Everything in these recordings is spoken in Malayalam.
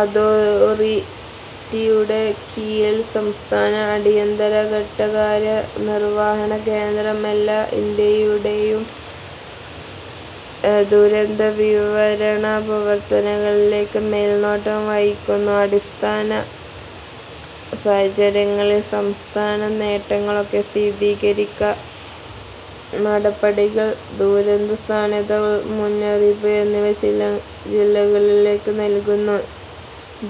അതോറിറ്റിയുടെ കീഴിൽ സംസ്ഥാന അടിസ്ഥാന കാര്യനിർവഹണ കേന്ദ്രം എല്ലാ ജില്ലകളിലെയും ദുരന്തനിവാരണ പ്രവർത്തനങ്ങൾക്ക് മേൽനോട്ടം വഹിക്കുന്നു. അടിയന്തര സാഹചര്യങ്ങളിൽ സംസ്ഥാനത്തൊട്ടാകെ സ്വീകരിക്കേണ്ട നടപടികൾ, ദുരന്തസാധ്യതാ മുന്നറിയിപ്പുകൾ എന്നിവ ജില്ലകൾക്ക് നൽകുന്നു.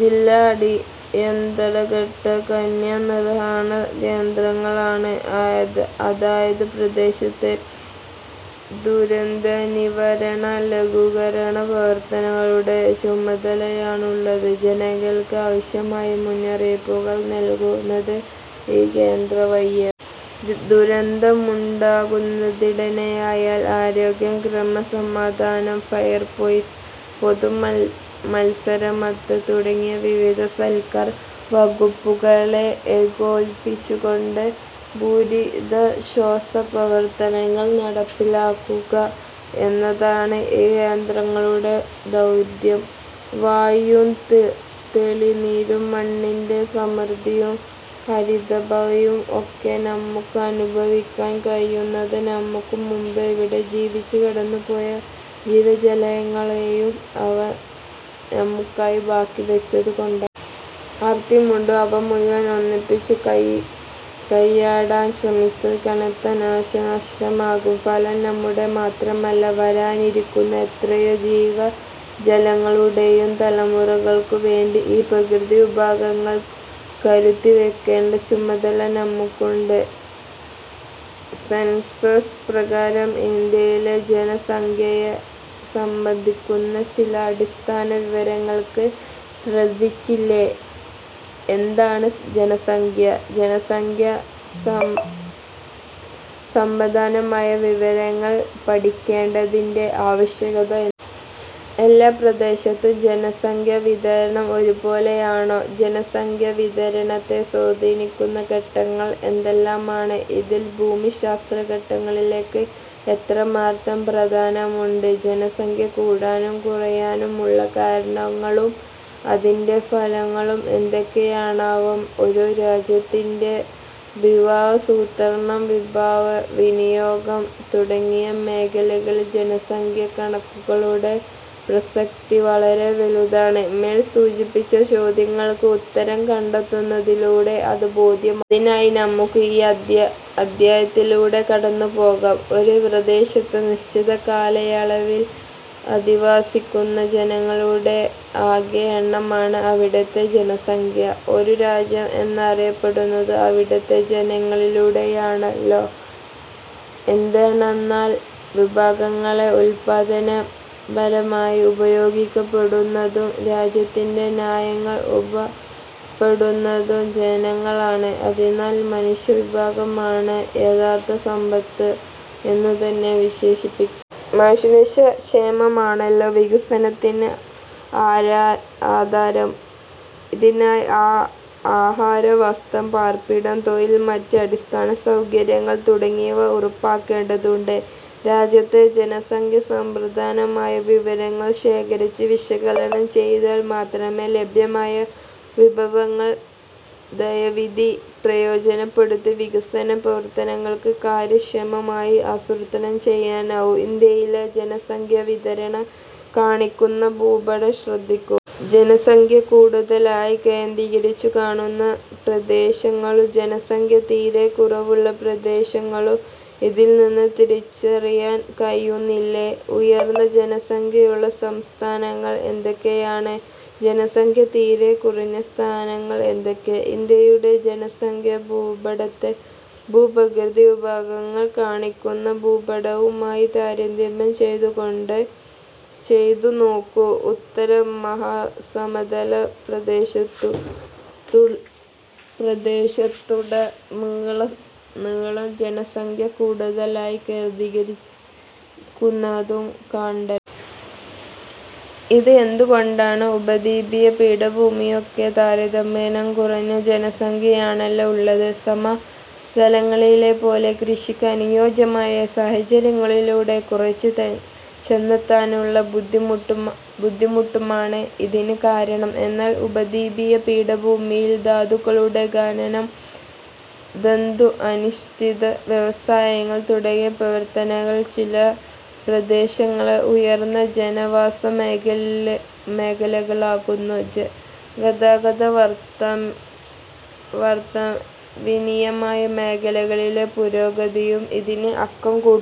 ജില്ലാ അടിയന്തരഘട്ട കാര്യനിർവഹണ കേന്ദ്രങ്ങൾക്കാണ് അതത് പ്രദേശത്തെ ദുരന്തനിവാരണ ലഘൂകരണ പ്രവർത്തനങ്ങളുടെ ചുമതലയുള്ളത്. ജനങ്ങൾക്ക് ആവശ്യമായ മുന്നറിയിപ്പുകൾ നൽകുന്നത് ഈ കേന്ദ്രങ്ങൾ വഴിയാണ്. ദുരന്തമുണ്ടാകാനിടയായാൽ ആരോഗ്യം, ക്രമസമാധാനം, ഫയർഫോഴ്സ്, പൊതുമരാമത്ത് തുടങ്ങിയ വിവിധ സർക്കാർ വകുപ്പുകളെ ഏകോപിപ്പിച്ചുകൊണ്ട് ദുരിതാശ്വാസ പ്രവർത്തനങ്ങൾ നടപ്പിലാക്കുക എന്നതാണ് ഈ കേന്ദ്രങ്ങളുടെ ദൗത്യം. വായുവും തെളിനീരും മണ്ണിന്റെ സമൃദ്ധിയും ഹരിതാഭയും ഒക്കെ നമുക്ക് അനുഭവിക്കാൻ കഴിയുന്നത് നമുക്കു മുമ്പേ ഇവിടെ ജീവിച്ചു കടന്നുപോയ ജീവജാലങ്ങളൊക്കെയും അവ നമുക്കായി ബാക്കിവച്ചതുകൊണ്ടാണ്. ആർത്തിപൂണ്ട് അവ മുഴുവൻ ഒന്നിച്ചു കൈയടക്കാൻ ശ്രമിച്ചാൽ കനത്ത നാശനഷ്ടമാകും ഫലം. നമ്മുടെ മാത്രമല്ല, വരാനിരിക്കുന്ന എത്രയോ ജീവജാലങ്ങളുടെയും തലമുറകൾക്കുവേണ്ടി ഈ പ്രകൃതിവിഭവങ്ങൾ കരുതിവയ്ക്കേണ്ട ചുമതല നമുക്കുണ്ട്. സെൻസസ് പ്രകാരം, ഇന്ത്യയിലെ ജനസംഖ്യയെ സംബന്ധിക്കുന്ന ചില അടിസ്ഥാനവിവരങ്ങൾ ശ്രദ്ധിച്ചില്ലേ. എന്താണ് ജനസംഖ്യ? ജനസംഖ്യ സംബന്ധമായ വിവരങ്ങൾ പഠിക്കേണ്ടതിന്റെ ആവശ്യകത എന്താണ്? എല്ലാ പ്രദേശത്തും ജനസംഖ്യാവിതരണം ഒരുപോലെയാണോ? ജനസംഖ്യാവിതരണത്തെ സ്വാധീനിക്കുന്ന ഘടകങ്ങൾ എന്തെല്ലാമാണ്? ഇതിൽ ഭൂമിശാസ്ത്ര ഘടകങ്ങൾക്ക് എത്രമാത്രം പ്രാധാന്യമുണ്ട്? ജനസംഖ്യ കൂടാനും കുറയാനുമുള്ള കാരണങ്ങളും അതിന്റെ ഫലങ്ങളും എന്തൊക്കെയാവാം? ഒരു രാജ്യത്തിന്റെ വിഭവാസൂത്രണം, വിഭവവിനിയോഗം തുടങ്ങിയ മേഖലകളിൽ ജനസംഖ്യാകണക്കുകളുടെ പ്രസക്തി വളരെ വലുതാണ്. മേൽ സൂചിപ്പിച്ച ചോദ്യങ്ങൾക്ക് ഉത്തരം കണ്ടെത്തുന്നതിലൂടെ അത് ബോധ്യമാകും. അതിനായി നമുക്ക് ഈ അധ്യായത്തിലൂടെ കടന്നുപോകാം. ഒരു പ്രദേശത്ത് നിശ്ചിത കാലയളവിൽ അധിവസിക്കുന്ന ജനങ്ങളുടെ ആകെ എണ്ണമാണ് അവിടത്തെ ജനസംഖ്യ. ഒരു രാജ്യം അറിയപ്പെടുന്നത് അവിടത്തെ ജനങ്ങളിലൂടെയാണല്ലോ. എന്തെന്നാൽ, വിഭവങ്ങളെ ഉൽപ്പാദനപരമായി ഉപയോഗപ്പെടുത്തുന്നതും രാജ്യത്തിന്റെ നയങ്ങൾ രൂപപ്പെടുത്തുന്നതും ജനങ്ങളാണ്. അതിനാൽ മനുഷ്യവിഭവമാണ് യഥാർഥ സമ്പത്ത് എന്നുതന്നെ വിശേഷിപ്പിക്കാം. മനുഷ്യക്ഷേമമാണല്ലോ വികസനത്തിന് ആധാരം. ഇതിനായി ആഹാരം, വസ്ത്രം, പാർപ്പിടം. തൊഴിൽ, മറ്റ് അടിസ്ഥാനസൗകര്യങ്ങൾ തുടങ്ങിയവ ഉറപ്പാക്കേണ്ടതുണ്ട്. രാജ്യത്തെ ജനസംഖ്യാസംബന്ധമായ വിവരങ്ങൾ ശേഖരിച്ച് വിശകലനം ചെയ്താൽ മാത്രമേ ലഭ്യമായ വിഭവങ്ങൾ യഥാവിധി പ്രയോജനപ്പെടുത്തി വികസന പ്രവർത്തനങ്ങൾ കാര്യക്ഷമമായി ആസൂത്രണം ചെയ്യാനാകൂ. ഇന്ത്യയിലെ ജനസംഖ്യാവിതരണം കാണിക്കുന്ന ഭൂപടം ശ്രദ്ധിക്കു. ജനസംഖ്യ കൂടുതലായി കേന്ദ്രീകരിച്ചു കാണുന്ന പ്രദേശങ്ങളും ജനസംഖ്യ തീരെ കുറവുള്ള പ്രദേശങ്ങളും ഇതിൽനിന്നു തിരിച്ചറിയാൻ കഴിയുന്നില്ലേ? ഉയർന്ന ജനസംഖ്യയുള്ള സംസ്ഥാനങ്ങൾ ഏതൊക്കെയാണ്? ജനസംഖ്യ തീരെ കുറഞ്ഞ സംസ്ഥാനങ്ങൾ ഏതൊക്കെ? ഇന്ത്യയുടെ ജനസംഖ്യാഭൂപടത്തെ ഭൂപ്രകൃതി വിഭാഗങ്ങൾ കാണിക്കുന്ന ഭൂപടവുമായി താരതമ്യം ചെയ്തുനോക്കൂ. ഉത്തരമഹാസമതല പ്രദേശത്തുടനീളം ജനസംഖ്യ കൂടുതലായി കേന്ദ്രീകരിച്ചിരിക്കുന്നതു കണ്ടല്ലോ. ഇത് എന്തുകൊണ്ടാണ്? ഉപദ്വീപിയ പീഠഭൂമിയിലാകെ താരതമ്യേന കുറഞ്ഞ ജനസംഖ്യയാണല്ലോ ഉള്ളത്. സമതലങ്ങളിലെ പോലെ കൃഷിക്ക് അനുയോജ്യമായ സാഹചര്യങ്ങളുടെ കുറവും ചെന്നെത്താനുള്ള ബുദ്ധിമുട്ടുമാണ് ഇതിനു കാരണം. എന്നാൽ ഉപദ്വീപീയ പീഠഭൂമിയിൽ ധാതുക്കളുടെ ഖനനം, ധാതു അധിഷ്ഠിത വ്യവസായങ്ങൾ തുടങ്ങിയ പ്രവർത്തനങ്ങൾ ചില പ്രദേശങ്ങളെ ഉയർന്ന ജനവാസമേഖലകളാക്കുന്നു. ഗതാഗത-വാർത്താവിനിമയ മേഖല കളിലെ പുരോഗതിയും ഇതിന് ആക്കം കൂട്ടുന്നു.